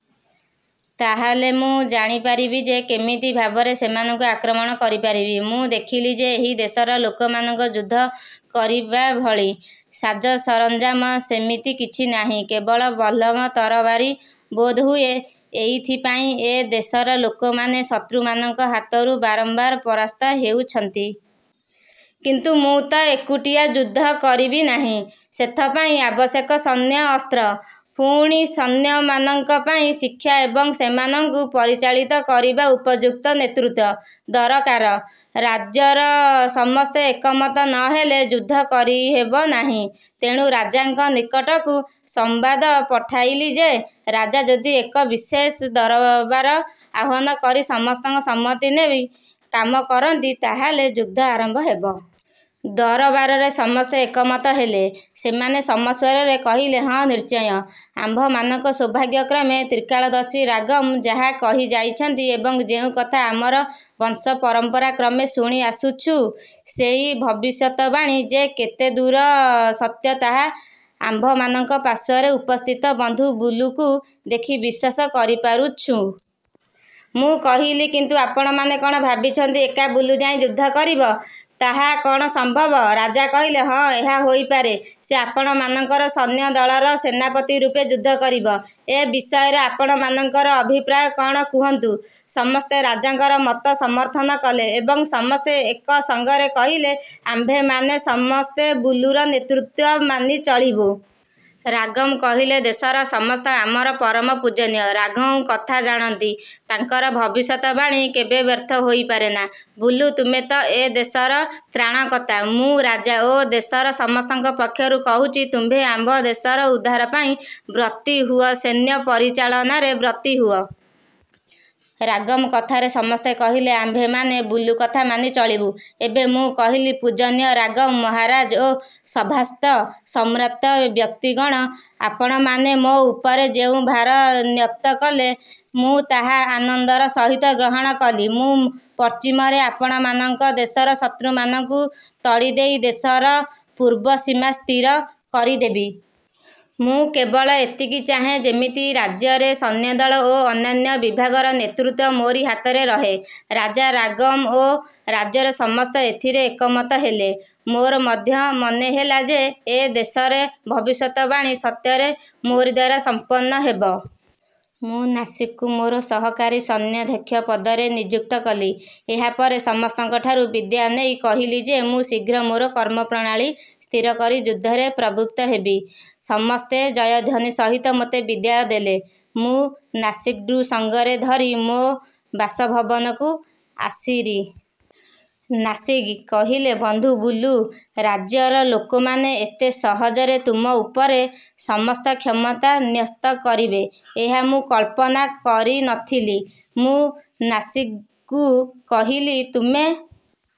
ତାହାହେଲେ ମୁଁ ଜାଣିପାରିବି ଯେ, କେମିତି ଭାବରେ ସେମାନଙ୍କୁ ଆକ୍ରମଣ କରିପାରିବି। '' ମୁଁ ଦେଖିଲି ଯେ ଏହି ଦେଶର ଲୋକମାନଙ୍କର ଯୁଦ୍ଧ କରିବାଭଳି ସାଜସରଞ୍ଜାମ ସେମିତି କିଛି ନାହିଁ। କେବଳ ବଲ୍ଲମ, ତରବାରୀ ବୋଧହୁଏ ଏଇଥିପାଇଁ ଏ ଦେଶର ଲୋକମାନେ ଶତ୍ରୁମାନଙ୍କ ହାତରୁ ବାରମ୍ବାର ପରାସ୍ତ ହେଉଛନ୍ତି। କିନ୍ତୁ ମୁଁ ତ ଏକୁଟିଆ ଯୁଦ୍ଧ କରିବି ନାହିଁ, ସେଥପାଇଁ ଆବଶ୍ୟକ ସୈନ୍ୟ, ଅସ୍ତ୍ର। ପୁଣି ସୈନ୍ୟମାନଙ୍କ ପାଇଁ ଶିକ୍ଷା ଏବଂ ସେମାନଙ୍କୁ ପରିଚାଳିତ କରିବାର ଉପଯୁକ୍ତ ନେତୃତ୍ୱ ଦରକାର। ରାଜ୍ୟର ସମସ୍ତେ ଏକମତ ନ ହେଲେ ଯୁଦ୍ଧ କରିହେବ ନାହିଁ। ତେଣୁ ରାଜାଙ୍କ ନିକଟକୁ ସମ୍ବାଦ ପଠାଇଲି ଯେ, ରାଜା ଯଦି ଏକ ବିଶେଷ ଦରବାର ଆହ୍ୱାନ କରି ସମସ୍ତଙ୍କ ସମ୍ମତି ନେଇ କାମ କରନ୍ତି, ତାହାହେଲେ ଯୁଦ୍ଧ ଆରମ୍ଭ ହେବ। ଦରବାରରେ ସମସ୍ତେ ଏକମତ ହେଲେ। ସେମାନେ ସମସ୍ୱରରେ କହିଲେ, ''ହଁ ନିଶ୍ଚୟ। ଆମ୍ଭମାନଙ୍କ ସୌଭାଗ୍ୟକ୍ରମେ ତ୍ରିକାଳଦର୍ଶୀ ରାଗମ୍ ଯାହା କହିଯାଇଛନ୍ତି ଏବଂ ଯେଉଁ କଥା ଆମର ବଂଶ ପରମ୍ପରା କ୍ରମେ ଶୁଣି ଆସୁଛୁ ସେଇ ଭବିଷ୍ୟତବାଣୀ ଯେ କେତେଦୂର ସତ୍ୟ ତାହା ଆମ୍ଭମାନଙ୍କ ପାର୍ଶ୍ୱରେ ଉପସ୍ଥିତ ବନ୍ଧୁ ବୁଲୁକୁ ଦେଖି ବିଶ୍ୱାସ କରିପାରୁଛୁଁ। '' ମୁଁ କହିଲି କିନ୍ତୁ ଆପଣମାନେ କ'ଣ ଭାବିଛନ୍ତି, ଏକା ବୁଲୁ ଯାଇ ଯୁଦ୍ଧ କରିବ? ତାହା କ'ଣ ସମ୍ଭବ? ରାଜା କହିଲେ, ''ହଁ ଏହା ହୋଇପାରେ। ସେ ଆପଣମାନଙ୍କର ସୈନ୍ୟଦଳର ସେନାପତିରୂପେ ଯୁଦ୍ଧ କରିବ, ଏ ବିଷୟରେ ଆପଣମାନଙ୍କର ଅଭିପ୍ରାୟ କ'ଣ କୁହନ୍ତୁ। '' ସମସ୍ତେ ରାଜାଙ୍କର ମତ ସମର୍ଥନ କଲେ ଏବଂ ସମସ୍ତେ ଏକ ସଙ୍ଗରେ କହିଲେ, ''ଆମ୍ଭେମାନେ ସମସ୍ତେ ବୁଲୁର ନେତୃତ୍ୱ ମାନି ଚଳିବୁ। '' ରାଗମ୍ କହିଲେ, ଦେଶର ସମସ୍ତେ ଆମର ପରମ ପୂଜନୀୟ ରାଗମ୍ଙ୍କ କଥା ଜାଣନ୍ତି। ତାଙ୍କର ଭବିଷ୍ୟତବାଣୀ କେବେ ବ୍ୟର୍ଥ ହୋଇପାରେନା। ବୁଲୁ, ତୁମେ ତ ଏ ଦେଶର ତ୍ରାଣକର୍ତ୍ତା। ମୁଁ ରାଜା ଓ ଦେଶର ସମସ୍ତଙ୍କ ପକ୍ଷରୁ କହୁଛି, ତୁମ୍ଭେ ଆମ୍ଭ ଦେଶର ଉଦ୍ଧାରପାଇଁ ବ୍ରତୀ ହୁଅ ସୈନ୍ୟ ପରିଚାଳନାରେ ବ୍ରତୀ ହୁଅ। ରାଗମ୍ କଥାରେ ସମସ୍ତେ କହିଲେ, ''ଆମ୍ଭେମାନେ ବୁଲୁ କଥା ମାନି ଚଳିବୁ। '' ଏବେ ମୁଁ କହିଲି-ପୂଜନୀୟ ରାଗମ୍ ମହାରାଜ ଓ ସଭାସ୍ଥ ସମ୍ଭ୍ରାନ୍ତ ବ୍ୟକ୍ତିଗଣ, ''ଆପଣମାନେ ମୋ ଉପରେ ଯେଉଁ ଭାର ନ୍ୟସ୍ତ କଲେ, ମୁଁ ତାହା ଆନନ୍ଦର ସହିତ ଗ୍ରହଣ କଲି। ମୁଁ ପଶ୍ଚିମରେ ଆପଣମାନଙ୍କ ଦେଶର ଶତ୍ରୁମାନଙ୍କୁ ତଡ଼ି ଦେଇ ଦେଶର ପୂର୍ବ ସୀମା ସ୍ଥିର କରିଦେବି। ମୁଁ କେବଳ ଏତିକି ଚାହେଁ, ଯେମିତି ରାଜ୍ୟର ସୈନ୍ୟଦଳ ଓ ଅନ୍ୟାନ୍ୟ ବିଭାଗର ନେତୃତ୍ୱ ମୋରି ହାତରେ ରହେ। '' ରାଜା ରାଗମ୍ ଓ ରାଜ୍ୟର ସମସ୍ତେ ଏଥିରେ ଏକମତ ହେଲେ। ମୋର ମଧ୍ୟ ମନେହେଲା ଯେ, ଏ ଦେଶର ଭବିଷ୍ୟତବାଣୀ ସତ୍ୟରେ ମୋରିଦ୍ୱାରା ସମ୍ପନ୍ନ ହେବ। ମୁଁ ନାସିଗ୍କୁ ମୋର ସହକାରୀ ସୈନ୍ୟାଧ୍ୟକ୍ଷ ପଦରେ ନିଯୁକ୍ତ କଲି। ଏହାପରେ ସମସ୍ତଙ୍କଠାରୁ ବିଦାୟ ନେଇ କହିଲି ଯେ, ''ମୁଁ ଶୀଘ୍ର ମୋର କର୍ମପ୍ରଣାଳୀ ସ୍ଥିର କରି ଯୁଦ୍ଧରେ ପ୍ରବୃତ୍ତ ହେବି। '' ସମସ୍ତେ ଜୟଧ୍ୱନି ସହିତ ମୋତେ ବିଦାୟ ଦେଲେ। ମୁଁ ନାସିଗ୍ଙ୍କୁ ସଙ୍ଗରେ ଧରି ମୋ ବାସଭବନକୁ ଆସିରି। ନାସିଗ୍ କହିଲେ, ବନ୍ଧୁ ବୁଲୁ! ରାଜ୍ୟର ଲୋକମାନେ ଏତେ ସହଜରେ ତୁମ ଉପରେ ସମସ୍ତ କ୍ଷମତା ନ୍ୟସ୍ତ କରିବେ, ଏହା ମୁଁ କଳ୍ପନା କରିନଥିଲି। ମୁଁ ନାସିଗ୍କୁ କହିଲି, ''ତୁମେ